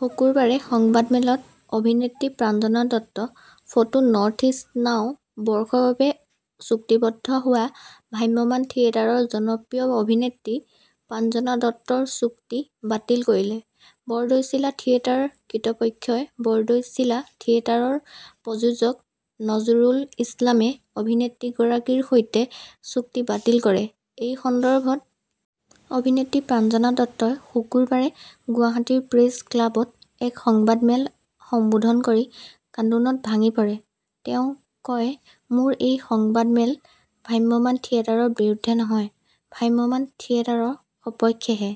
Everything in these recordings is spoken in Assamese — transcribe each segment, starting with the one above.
শুকুৰবাৰে সংবাদমেলত অভিনেত্ৰী প্ৰাঞ্জনা দত্তফটো নৰ্থইষ্ট নাও বৰ্ষৰ বাবে চুক্তিবদ্ধ হোৱা ভ্ৰাম্যমাণ থিয়েটাৰৰ জনপ্ৰিয় অভিনেত্ৰী প্ৰাঞ্জনা দত্তৰ চুক্তি বাতিল কৰিলে বৰদৈচিলা থিয়েটাৰ কৰ্তৃপক্ষইবৰদৈচিলা থিয়েটাৰৰ প্ৰযোজক নজৰুল ইছলামে অভিনেত্ৰীগৰাকীৰ সৈতে চুক্তি বাতিল কৰেএই সন্দৰ্ভত অভিনেত্ৰী প্ৰাঞ্জনা দত্তই শুকুৰবাৰে গুৱাহাটীৰ প্ৰেছ ক্লাৱত এক সংবাদ মেল সম্বোধন কৰি কান্দোনত ভাগি পৰেতেওঁ কয়মোৰ এই সংবাদ মেল ভ্ৰাম্যমাণ থিয়েটাৰৰ বিৰুদ্ধে নহয় ভ্ৰাম্যমাণ থিয়েটাৰৰ সপক্ষেহে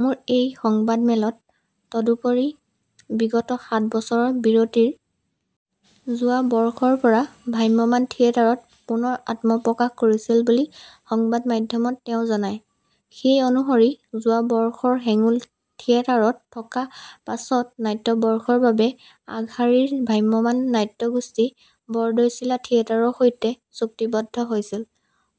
মোৰ এই সংবাদমেলতদুপৰি বিগত সাত বছৰৰ বিৰতিৰ পাছত যোৱা বৰ্ষৰ পৰা ভ্ৰাম্যমাণ থিয়েটাৰত পুনৰ আত্মপ্ৰকাশ কৰিছিল বুলি সংবাদমেলত তেওঁ জনায়সেই অনুসৰি যোৱা বৰ্ষৰ হেঙুল থিয়েটাৰত থকাৰ পাছত নাট্যবৰ্ষৰ বাবে আগশাৰীৰ ভ্ৰাম্যমাণ নাট্যগোষ্ঠী বৰদৈচিলা থিয়েটাৰৰ সৈতে চুক্তিবদ্ধ হৈছিল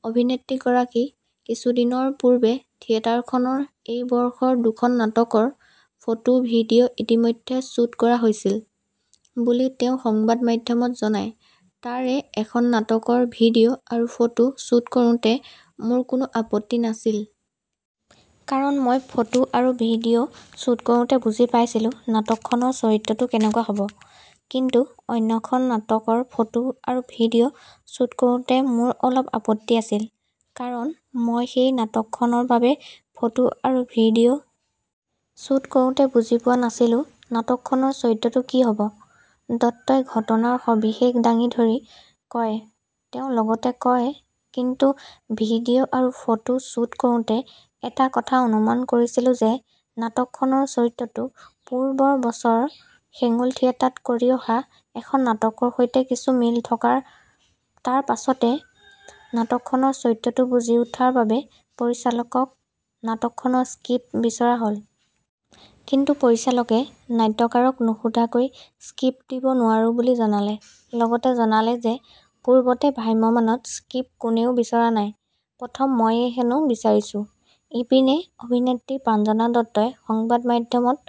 অভিনেত্ৰীগৰাকীকিছুদিনৰ পূৰ্বে থিয়েটাৰখনৰ এইবৰ্ষৰ দুখন নাটকৰ ফটো ভিডিঅ ইতিমধ্যে শ্বুট কৰা হৈছিল বুলি তেওঁ সংবাদমেলত জনায়তাৰে এখন নাটকৰ ভিডিঅ আৰু ফটো শ্বুট কৰোতে মোৰ কোনো আপত্তি নাছিল। কাৰণ মই ফটো আৰু ভিডিঅ শ্বুট কৰোতে বুজি পাইছিলোঁ নাটক খনৰ চৰিত্ৰতো কেনেকুৱা হবকিন্তু অন্যখন নাটকৰ ফটো আৰু ভিডিঅ শ্বুট কৰোতে মোৰ অলপ আপত্তি আছিলকাৰণ মই সেই নাটক খনৰ বাবে ফটো আৰু ভিডিঅ শ্বুট কৰোতে বুজি পোৱা নাছিলোঁ নাটকখনৰ চৰিত্ৰতো কি হবদত্তই ঘটনাৰ সৱিশেষ দাঙি ধৰি কয়তেওঁ লগতে কয় কিন্তু ভিডিঅ আৰু ফটো শ্বুট কৰোতে এটা কথা অনুমান কৰিছিলোঁ যে নাটকখনৰ চৰিত্ৰতো পূৰ্বৰ বছৰ হেঙুল থিয়েটাৰত কৰি অহা এখন নাটকৰ সৈতে কিছু মিল থকাতাৰ পাছতে নাটকখনৰ চৰিত্ৰতো বুজি উঠা বাবে পৰিচালকক নাটকখনৰ স্ক্ৰিপ্ট বিচৰা হ'ল। কিন্তু পৰিচালকে নাট্যকাৰক নোসোধাকৈ স্ক্ৰিপ্ট দিব নোৱাৰো বুলি জনালেলগতে জনালে যে পূৰ্বতে ভ্ৰাম্যমাণত স্ক্ৰিপ্ট কোনেও বিচৰা নাইপ্ৰথম ময়েই হেনো বিচাৰিছোঁইপিনে অভিনেত্ৰী প্ৰাঞ্জনা দত্তই সংবাদমেলত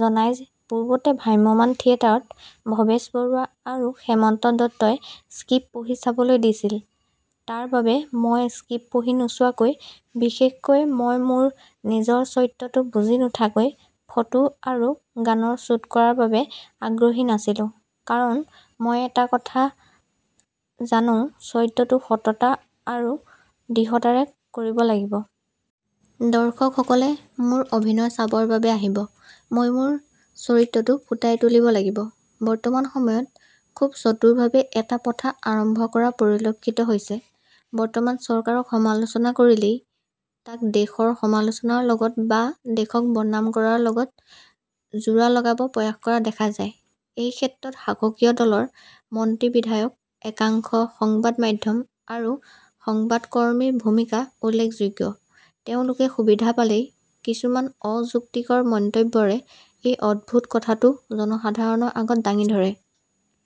জনায় পূৰ্বতে ভ্ৰাম্যমাণ থিয়েটাৰত ভৱেশ বৰুৱা আৰু হেমন্ত দত্তই স্ক্ৰিপ্ট পঢ়ি চাবলৈ দিছিলতাৰ বাবে মই স্ক্ৰিপ্ট পঢ়ি নোচোৱাকৈ বিশেষকৈ মই মোৰ নিজৰ চৰিত্ৰতো বুজি নুঠাকৈ ফটো আৰু গানৰ শ্বুট কৰাৰ বাবে আগ্ৰহী নাছিলোঁকাৰণ মই এটা কথা জানো চৰিত্ৰতো সততা আৰ দৃঢ়তাৰে কৰিব লাগিব। দৰ্শক সকলে মোৰ অভিনয় চাবৰ বাবে আহিবমই মোৰ চৰিত্ৰতো ফুটাই তুলিব লাগিব। বৰ্তমান সময়ত খুব চতুৰভাৱে এটা প্ৰথা আৰম্ভ কৰা পৰিলক্ষিত হৈছেবৰ্তমান চৰকাৰক সমালোচনা কৰিলেই তাক দেশৰ সমালোচনাৰ লগত বা দেশক বদনাম কৰাৰ লগত জোৰা লগাব প্ৰয়াস কৰা দেখা যায়এই ক্ষেত্ৰত শাসকীয় দলৰ মন্ত্ৰীবিধায়কএকাংশ সংবাদ মাধ্যম আৰু সংবাদ কৰ্মীৰ ভূমিকা উল্লেখযোগ্যতেওঁলোকে সুবিধা পালেই কিছুমান অযুক্তিকৰ মন্তব্যৰে এই অদ্ভুত কথাটোক জনসাধাৰণৰ আগত দাঙি ধৰে।